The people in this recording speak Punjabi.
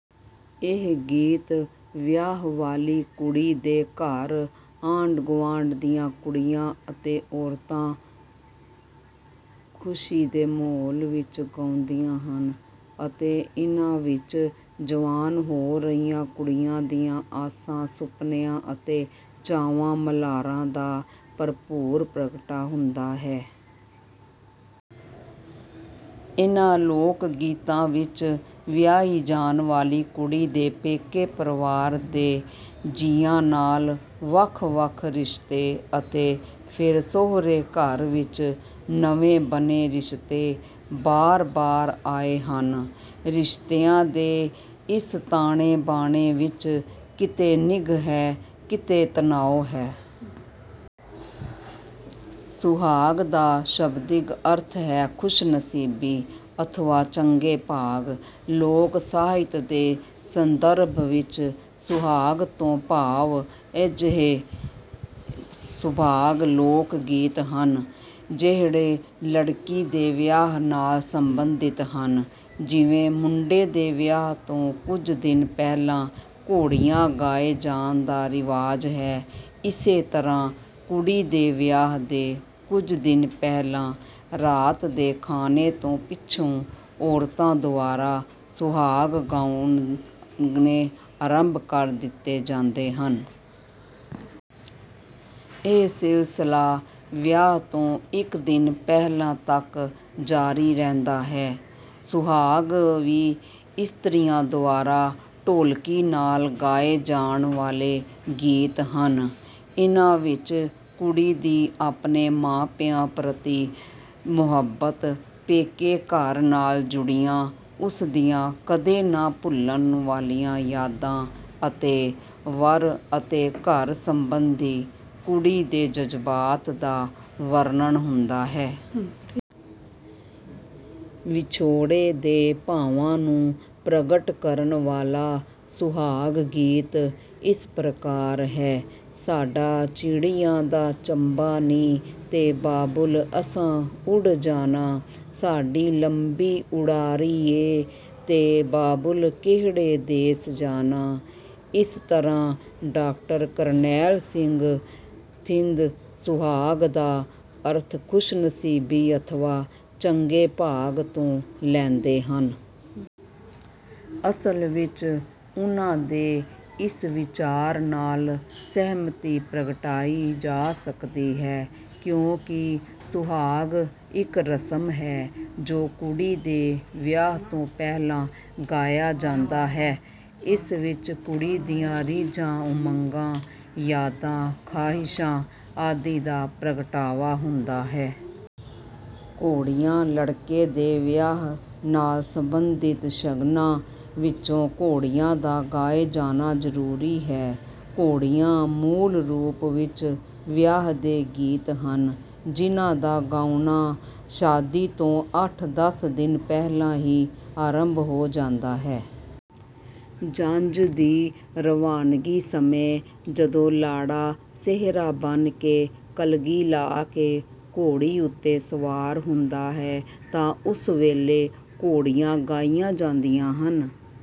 ਇਹ ਗੀਤ ਵਿਆਹ ਵਾਲੀ ਕੁੜੀ ਦੇ ਘਰ ਆਂਢ ਗੁਆਂਢ ਦੀਆਂ ਕੁੜੀਆਂ ਅਤੇ ਔਰਤਾਂ ਖੁਸ਼ੀ ਦੇ ਮਾਹੌਲ ਵਿੱਚ ਗਾਉਂਦੀਆਂ ਹਨ ਅਤੇ ਇਨ੍ਹਾਂ ਵਿੱਚ ਜਵਾਨ ਹੋ ਰਹੀਆਂ ਕੁੜੀਆਂ ਦੀਆਂ ਆਸਾਂ, ਸੁਪਨਿਆਂ ਅਤੇ ਚਾਵਾਂ ਮਲ੍ਹਾਰਾਂ ਦਾ ਭਰਪੂਰ ਪ੍ਰਗਟਾ ਹੁੰਦਾ ਹੈ। ਇਨ੍ਹਾਂ ਲੋਕ ਗੀਤਾਂ ਵਿੱਚ ਵਿਆਹੀ ਜਾਣ ਵਾਲੀ ਕੁੜੀ ਦੇ ਪੇਕੇ ਪਰਵਾਰ ਦੇ ਜੀਆਂ ਨਾਲ ਵੱਖ ਵੱਖ ਰਿਸ਼ਤੇ ਅਤੇ ਫਿਰ ਸਹੁਰੇ ਘਰ ਵਿੱਚ ਨਵੇਂ ਬਣੇ ਰਿਸ਼ਤੇ ਬਾਰ ਬਾਰ ਆਏ ਹਨ। ਰਿਸ਼ਤਿਆਂ ਦੇ ਇਸ ਤਾਣੇ ਬਾਣੇ ਵਿੱਚ ਕਿਤੇ ਨਿੱਘ ਹੈ, ਕਿਤੇ ਤਣਾਉ ਹੈ। ਸੁਹਾਗ ਦਾ ਸ਼ਬਦਿਕ ਅਰਥ ਹੈ ਖੁਸ਼ਨਸੀਬੀ ਅਥਵਾ ਚੰਗੇ ਭਾਗ। ਲੋਕ ਸਾਹਿਤ ਦੇ ਸੰਦਰਭ ਵਿੱਚ ਸੁਹਾਗ ਤੋਂ ਭਾਵ ਅਜਿਹੇ ਸੁਭਾਗ ਲੋਕ ਗੀਤ ਹਨ, ਜਿਹੜੇ ਲੜਕੀ ਦੇ ਵਿਆਹ ਨਾਲ ਸੰਬੰਧਿਤ ਹਨ। ਜਿਵੇਂ ਮੁੰਡੇ ਦੇ ਵਿਆਹ ਤੋਂ ਕੁਝ ਦਿਨ ਪਹਿਲਾਂ ਘੋੜੀਆਂ ਗਾਏ ਜਾਣ ਦਾ ਰਿਵਾਜ਼ ਹੈ, ਇਸੇ ਤਰ੍ਹਾਂ ਕੁੜੀ ਦੇ ਵਿਆਹ ਦੇ ਕੁਝ ਦਿਨ ਪਹਿਲਾਂ ਰਾਤ ਦੇ ਖਾਣੇ ਤੋਂ ਪਿੱਛੋਂ ਔਰਤਾਂ ਦੁਆਰਾ ਸੁਹਾਗ ਗਾਉਣੇ ਆਰੰਭ ਕਰ ਦਿੱਤੇ ਜਾਂਦੇ ਹਨ। ਇਹ ਸਿਲਸਲਾ ਵਿਆਹ ਤੋਂ ਇੱਕ ਦਿਨ ਪਹਿਲਾਂ ਤੱਕ ਜਾਰੀ ਰਹਿੰਦਾ ਹੈ। ਸੁਹਾਗ ਵੀ ਇਸਤਰੀਆਂ ਦੁਆਰਾ ਢੋਲਕੀ ਨਾਲ ਗਾਏ ਜਾਣ ਵਾਲੇ ਗੀਤ ਹਨ। ਇਨ੍ਹਾਂ ਵਿੱਚ ਕੁੜੀ ਦੀ ਆਪਣੇ ਮਾਪਿਆਂ ਪ੍ਰਤੀ ਮੁਹੱਬਤ, ਪੇਕੇ ਘਰ ਨਾਲ ਜੁੜੀਆਂ ਉਸ ਦੀਆਂ ਕਦੇ ਨਾ ਭੁੱਲਣ ਵਾਲੀਆਂ ਯਾਦਾਂ ਅਤੇ ਵਰ ਅਤੇ ਘਰ ਸਬੰਧੀ ਕੁੜੀ ਦੇ ਜਜ਼ਬਾਤ ਦਾ ਵਰਣਨ ਹੁੰਦਾ ਹੈ। ਵਿਛੇੜੇ ਦੇ ਭਾਵਾਂ ਨੂੰ ਪ੍ਰਗਟ ਕਰਨ ਵਾਲਾ ਸੁਹਾਗ ਗੀਤ ਇਸ ਪ੍ਰਕਾਰ ਹੈ: ਸਾਡਾ ਚਿੜੀਆਂ ਦਾ ਚੰਬਾ ਨੀ ਤੇ ਬਾਬਲ ਅਸਾਂ ਉਡ ਜਾਣਾ। ਸਾਡੀ ਲੰਬੀ ਉਡਾਰੀ ਏ ਤੇ ਬਾਬਲ ਕਿਹੜੇ ਦੇਸ ਜਾਣਾ। ਇਸ ਤਰ੍ਹਾਂ ਡਾਕਟਰ ਕਰਨੈਲ ਸਿੰਘ ਥਿੰਦ ਸੁਹਾਗ ਦਾ ਅਰਥ ਖੁਸ਼ਨਸੀਬੀ ਅਥਵਾ ਚੰਗੇ ਭਾਗ ਤੋਂ ਲੈਂਦੇ ਹਨ। ਅਸਲ ਵਿੱਚ ਉਨ੍ਹਾਂ ਦੇ ਇਸ ਵਿਚਾਰ ਨਾਲ ਸਹਿਮਤੀ ਪ੍ਰਗਟਾਈ ਜਾ ਸਕਦੀ ਹੈ ਕਿਉਂਕਿ ਸੁਹਾਗ ਇੱਕ ਰਸਮ ਹੈ ਜੋ ਕੁੜੀ ਦੇ ਵਿਆਹ ਤੋਂ ਪਹਿਲਾਂ ਗਾਇਆ ਜਾਂਦਾ ਹੈ। ਇਸ ਵਿੱਚ ਕੁੜੀ ਦੀਆਂ ਰੀਝਾਂ, ਉਮੰਗਾਂ, ਯਾਦਾਂ, ਖਾਹਿਸ਼ਾਂ ਆਦਿ ਦਾ ਪ੍ਰਗਟਾਵਾ ਹੁੰਦਾ ਹੈ। ਘੋੜੀਆਂ: ਲੜਕੇ ਦੇ ਵਿਆਹ ਨਾਲ ਸਬੰਧਿਤ ਸ਼ਰਾਨਾਂ ਵਿੱਚੋਂ ਘੋੜੀਆਂ ਦਾ ਗਾਏ ਜਾਣਾ ਜ਼ਰੂਰੀ ਹੈ। ਘੋੜੀਆਂ ਮੂਲ ਰੂਪ ਵਿੱਚ ਵਿਆਹ ਦੇ ਗੀਤ ਹਨ ਜਿਨ੍ਹਾਂ ਦਾ ਗਾਉਣਾ ਸ਼ਾਦੀ ਤੋਂ ਅੱਠ ਦਸ ਦਿਨ ਪਹਿਲਾਂ ਹੀ ਆਰੰਭ ਹੋ ਜਾਂਦਾ ਹੈ। ਜੰਝ ਦੀ ਰਵਾਨਗੀ ਸਮੇਂ ਜਦੋਂ ਲਾੜਾ ਸਿਹਰਾ ਬੰਨ ਕੇ, ਕਲਗੀ ਲਾ ਕੇ ਘੋੜੀ ਉੱਤੇ ਸਵਾਰ ਹੁੰਦਾ ਹੈ ਤਾਂ ਉਸ ਵੇਲੇ ਘੋੜੀਆਂ ਗਾਈਆਂ ਜਾਂਦੀਆਂ ਹਨ।